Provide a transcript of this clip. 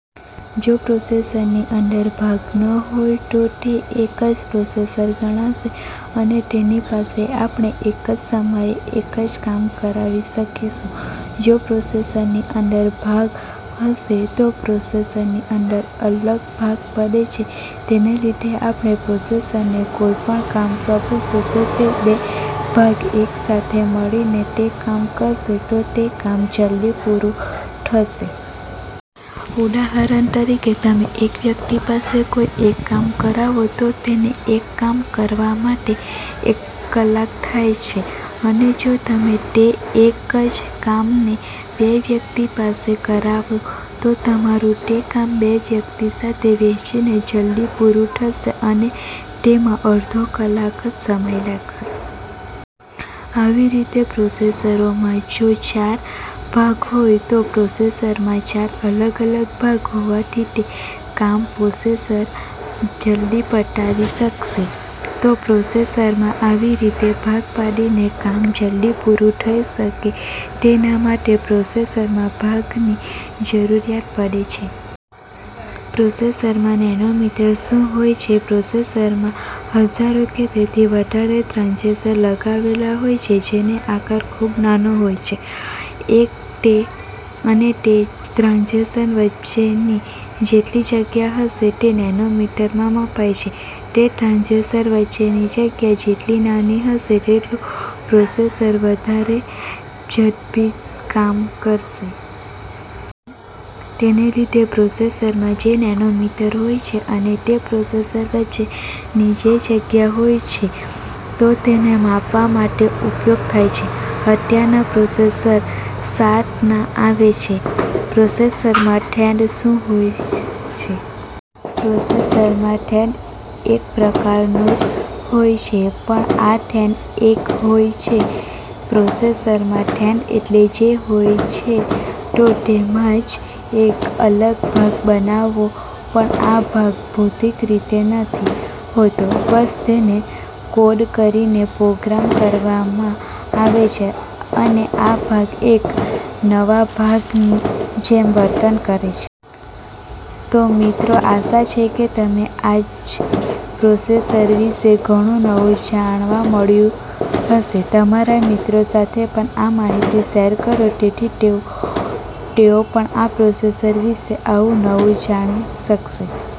જો પ્રોસેસરની અંદર ભાગ ન હોય તો તે એક જ પ્રોસેસર ગણાશે અને તેની પાસે આપણે એક સમયે એક જ કામ કરાવી શકીશું. જો પ્રોસેસરની અંદર ભાગ હશે તો પ્રોસેસરની અંદર અલગ ભાગ પડે છે તેને લીધે આપણે પ્રોસેસરને કોઈ પણ કામ સોંપીશું તો તે બે ભાગ એક સાથે મળીને તે કામ કરશે તો તે કામ જલ્દી પૂરું થશે. ઉદાહરણ તરીકે તમે એક વ્યક્તિ પાસે કોઈ એક કામ કરાવો તો તેને એક કામ કરવા માટે એક કલાક થાય છે અને જો તમે તે એક જ કામને બે વ્યક્તિ પાસે કરાવો તો તમારું તે કામ બે વ્યક્તિ સાથે વહેંચાઈને જલ્દી પુરુ થશે અને તેમાં અડધો કલાક જ સમય લાગશે. આવી રીતે પ્રોસેસરમાં જો ચાર ભાગ હોય તો પ્રોસેસરમાં ચાર અલગ-અલગ ભાગ હોવાથી તે કામ પ્રોસેસર જલ્દી પતાવી શકશે. તો પ્રોસેસરમાં આવી રીતે ભાગ પાડીને કામ જલ્દી પુરુ થઈ શકે તેના માટે પ્રોસેસરમાં ભાગ ની જરૂરત પડે છે. પ્રોસેસરમાં નેનોમીટર શું હોય છે? પ્રોસેસરમાં હજારો કે તેથી વધારે ટ્રાંજિસ્ટર લગાવેલા હોય છે જેનો આકાર ખૂબ નાનો હોય છે અને તે ટ્રાંજિસ્ટર વચ્ચેની જેટલી જગ્યા હશે તે નેનોમીટરમાં મપાય છે. તે ટ્રાંજિસ્ટર વચ્ચેની જગ્યા જેટલી નાની હશે તેટલું પ્રોસેસર વધારે ઝડપી કામ કરશે. તેને લીધે પ્રોસેસરમાં જે નેનોમીટર હોય છે અને તે પ્રોસેસર વચ્ચેની જે જગ્યા હોય છે તો તેને માપવા માટે ઉપયોગ થાય છે. અત્યારના પ્રોસેસર સાત ના આવે છે. પ્રોસેસરમાં થ્રેડ શું હોય છે? પ્રોસેસરમાં થ્રેડ એક પ્રકારનો જ હોય છે પણ આ થ્રેડ એક હોય છે. પ્રોસેસરમાં થ્રેડ એટલે જે હોય છે તો તેમાં જ એક અલગ ભાગ બનાવવો પણ આ ભાગ ભૌતિક રીતે નથી હોતો, બસ તેને કોડ કરીને પ્રોગ્રામ કરવામાં આવે છે અને આ ભાગ એક નવા ભાગની જેમ વર્તન કરે છે. તો મિત્રો આશા છે કે તમને આજે પ્રોસેસર વિશે ઘણું નવું જાણવા મળ્યું હશે, તમારા મિત્રો સાથે પણ આ માહિતી શેર કરો જેથી તેઓ પણ પ્રોસેસર વિશે આવું નવું જાણી શકે.